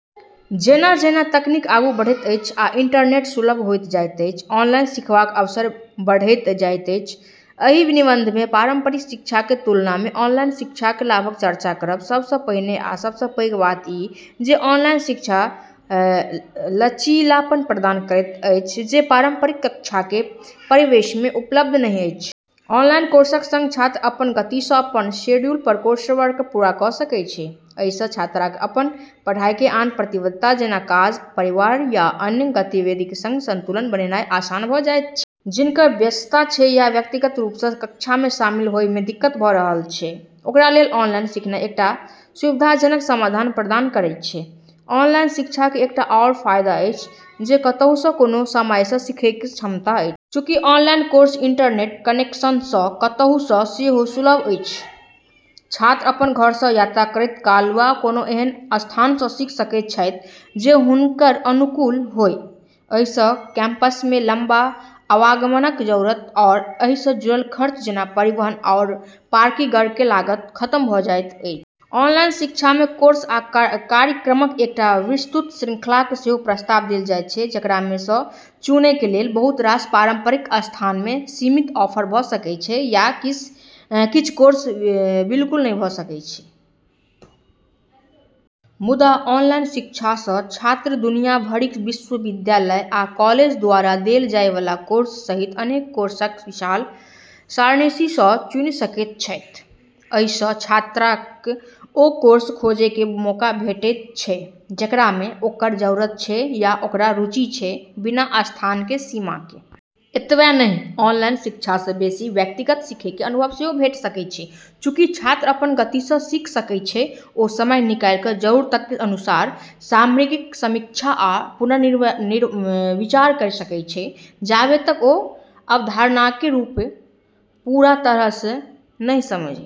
जेना-जेना तकनीक आगू बढ़ैत अछि आ इंटरनेट सुलभ होइत जाइत अछि, ऑनलाइन सिखबाक अवसर बढ़ैत जाइत अछि। एहि निबंधमे पारंपरिक शिक्षाक तुलनामे ऑनलाइन शिक्षाक लाभक चर्चा करब। सबसँ पहिने आ सबसँ पैघ बात ई जे ऑनलाइन शिक्षा लचीलापन प्रदान करैत अछि जे पारंपरिक कक्षाक परिवेशमे उपलब्ध नहि अछि। ऑनलाइन कोर्सके सङ्ग छात्र अपन गतिसँ, अपन शेड्यूल पर कोर्सवर्क पूरा करि सकै छै। अइसँ छात्रके अपन पढ़ाइके आन प्रतिबद्धता, जेना काज, परिवार या अन्य गतिविधिके सङ्ग संतुलन बनेनाइ आसान भ' जाइत छै। जिनकर व्यस्तता छै या व्यक्तिगत रूपसँ कक्षामे शामिल होबइमे दिक्कत भ' रहल छै, ओकरा लेल ऑनलाइन सीखनाइ एकटा सुविधाजनक समाधान प्रदान करै छै। ऑनलाइन शिक्षाके एकटा आओर फायदा अछि जे कतहुसँ, कोनो समयसँ सिखैके क्षमता अछि। चूँकि ऑनलाइन कोर्स इंटरनेट कनेक्शनसँ कतहुसँ सेहो सुलभ अछि, छात्र अपन घरसँ, यात्रा करैत काल, वा कोनो एहन स्थानसँ सीख सकैत छथि जे हुनकर अनुकूल होइ। एहिसँ कैंपसमे लंबा आवागमनके जरूरत आओर एहिसँ जुड़ल खर्च जेना परिवहन आओर पार्किंगके लागत खतम भ' जाइत अछि। ऑनलाइन शिक्षामे कोर्स आ कार्यक्रमके एकटा विस्तृत श्रृंखलाके सेहो प्रस्ताव देल जाइत छै, जेकरामे सँ चुनैके लेल। बहुत रास पारंपरिक संस्थानमे सीमित ऑफर भ' सकै छै या किछ कोर्स बिल्कुल नहि भ' सकै छै। मुदा, ऑनलाइन शिक्षासँ छात्र दुनिया भरिक विश्वविद्यालय आ कॉलेज द्वारा देल जाइबला कोर्स सहित अनेक कोर्सक विशाल सारिणीसँ चुनि सकैत छथि। अइसँ छात्रके ओ कोर्स खोजैके मौका भेटैत छै, जेकरामे ओकर जरूरत छै या ओकरा रुचि छै, बिना स्थानके सीमाके। एतबे नहि ऑनलाइन शिक्षासँ बेशी व्यक्तिगत सिखैके अनुभव सेहो भेट सकै छै। चूँकि छात्र अपन गतिसँ सिख सकै छै, ओ समय निकालि क' जरूरतके अनुसार सामग्रीके समीक्षा आ पुनर्विचार करि सकै छै, जाबे तक ओ अवधारणाके पूरा तरहसँ नहि समझइ ।